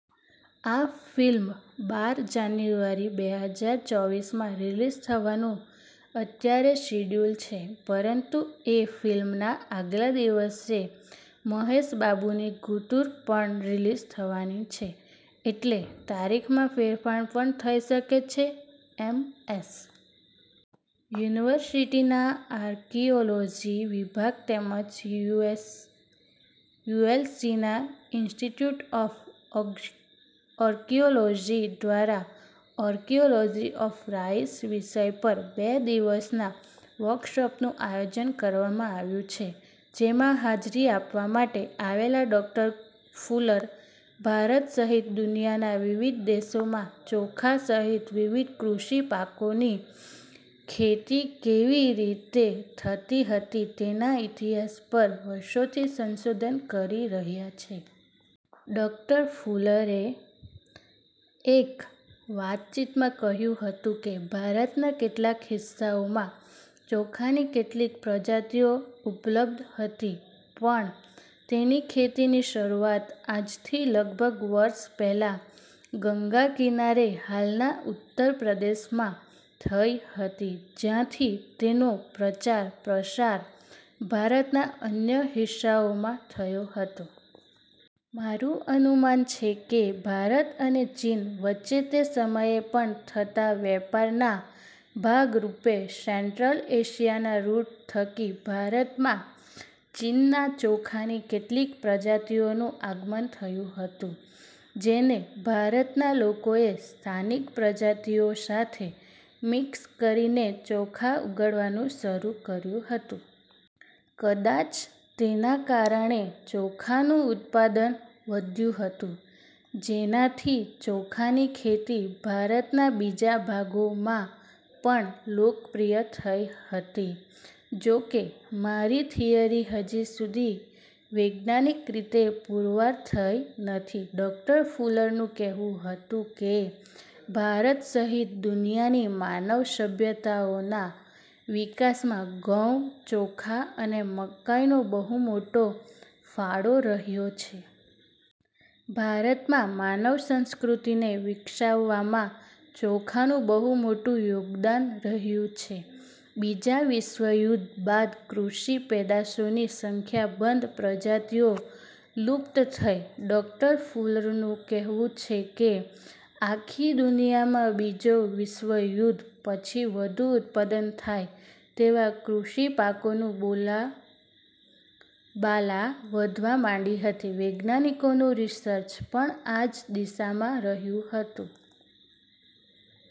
આ ફિલ્મ બાર જાન્યુઆરી બે હજાર ચોવીસમાં રીલિઝ થવાનું અત્યારે શિડ્યુલ છે. પરંતુ એ ફિલ્મના આગલા દિવસે મહેશ બાબુની ગુંતુર પણ રીલિઝ થવાની છે, એટલે તારીખમાં ફેરફાર પણ થઈ શકે છે. એમ. એસ. યુનિવર્સિટીના આર્કિઓલોજી વિભાગ તેમજ યુ એસ, યુએલસીના ઈન્સ્ટિટયુટ ઓફ ઓ ઓર્કિઓલોજી દ્વારા આર્કિઓલોજી ઓફ રાઈસ વિષય પર બે દિવસના વર્કશોપનુ આયોજન કરવામાં આવ્યુ છે. જેમાં હાજરી આપવા માટે આવેલા ડૉક્ટર ફુલર ભારત સહિત દુનિયાના વિવિધ દેશોમાં ચોખા સહિત વિવિધ કૃષિ પાકોની ખેતી કેવી રીતે થતી હતી તેના ઈતિહાસ પર વર્ષોથી સંશોધન કરી રહ્યા છે. ડૉક્ટર ફુલરે એક વાતચીતમાં કહ્યું હતું કે, ભારતના કેટલાક હિસ્સાઓમાં ચોખાની કેટલીક પ્રજાતિઓ ઉપલબ્ધ હતી પણ તેની ખેતીની શરુઆત આજથી લગભગ વર્ષ પહેલા ગંગા કિનારે હાલના ઉત્તરપ્રદેશમાં થઈ હતી. જ્યાંથી તેનો પ્રચાર પ્રસાર ભારતના અન્ય હિસ્સાઓમાં થયો હતો. મારુ અનુમાન છે કે ભારત અને ચીન વચ્ચે તે સમયે પણ થતા વેપારના ભાગરુપે સેન્ટ્રલ એશિયાના રુટ થકી ભારતમાં ચીનના ચોખાની કેટલીક પ્રજાતિઓનુ આગમન થયુ હતુ. જેને ભારતના લોકોએ સ્થાનિક પ્રજાતિઓ સાથે મિક્સ કરીને ચોખા ઉગાડવાનુ શરુ કર્યુ હતુ. કદાચ તેના કારણે ચોખાનુ ઉત્પાદન વધ્યુ હતુ. જેનાથી ચોખાની ખેતી ભારતના બીજા ભાગોમાં પણ લોકપ્રિય થઈ હતી. જોકે મારી થીયરી હજી સુધી વૈજ્ઞાાનિક રીતે પૂરવાર થઈ નથી. ડૉક્ટર ફુલરનુ કહેવુ હતું કે ભારત સહિત દુનિયાની માનવ સભ્યતાઓના વિકાસમાં ઘઉં, ચોખા અને મકાઈનો બહુ મોટો ફાળો રહ્યો છે. ભારતમાં માનવ સંસ્કૃતિને વિકસાવવામાં ચોખાનુ બહુ મોટુ યોગદાન રહ્યુ છે. બીજા વિશ્વયુધ્ધ બાદ કૃષિ પેદાશોની સંખ્યાબંધ પ્રજાતિઓ લુપ્ત થઈ ડો. ફુલનુ કહેવુ છે કે આખી દુનિયામાં બીજા વિશ્વયુધ્ધ પછી વધુ ઉત્પાદન થાય તેવા કૃષિ પાકોની બોલા બાલા વધવા માંડી હતી. વૈજ્ઞાાનિકોનુ રિસર્ચ પણ આ જ દિશામાં રહ્યુ હતુ.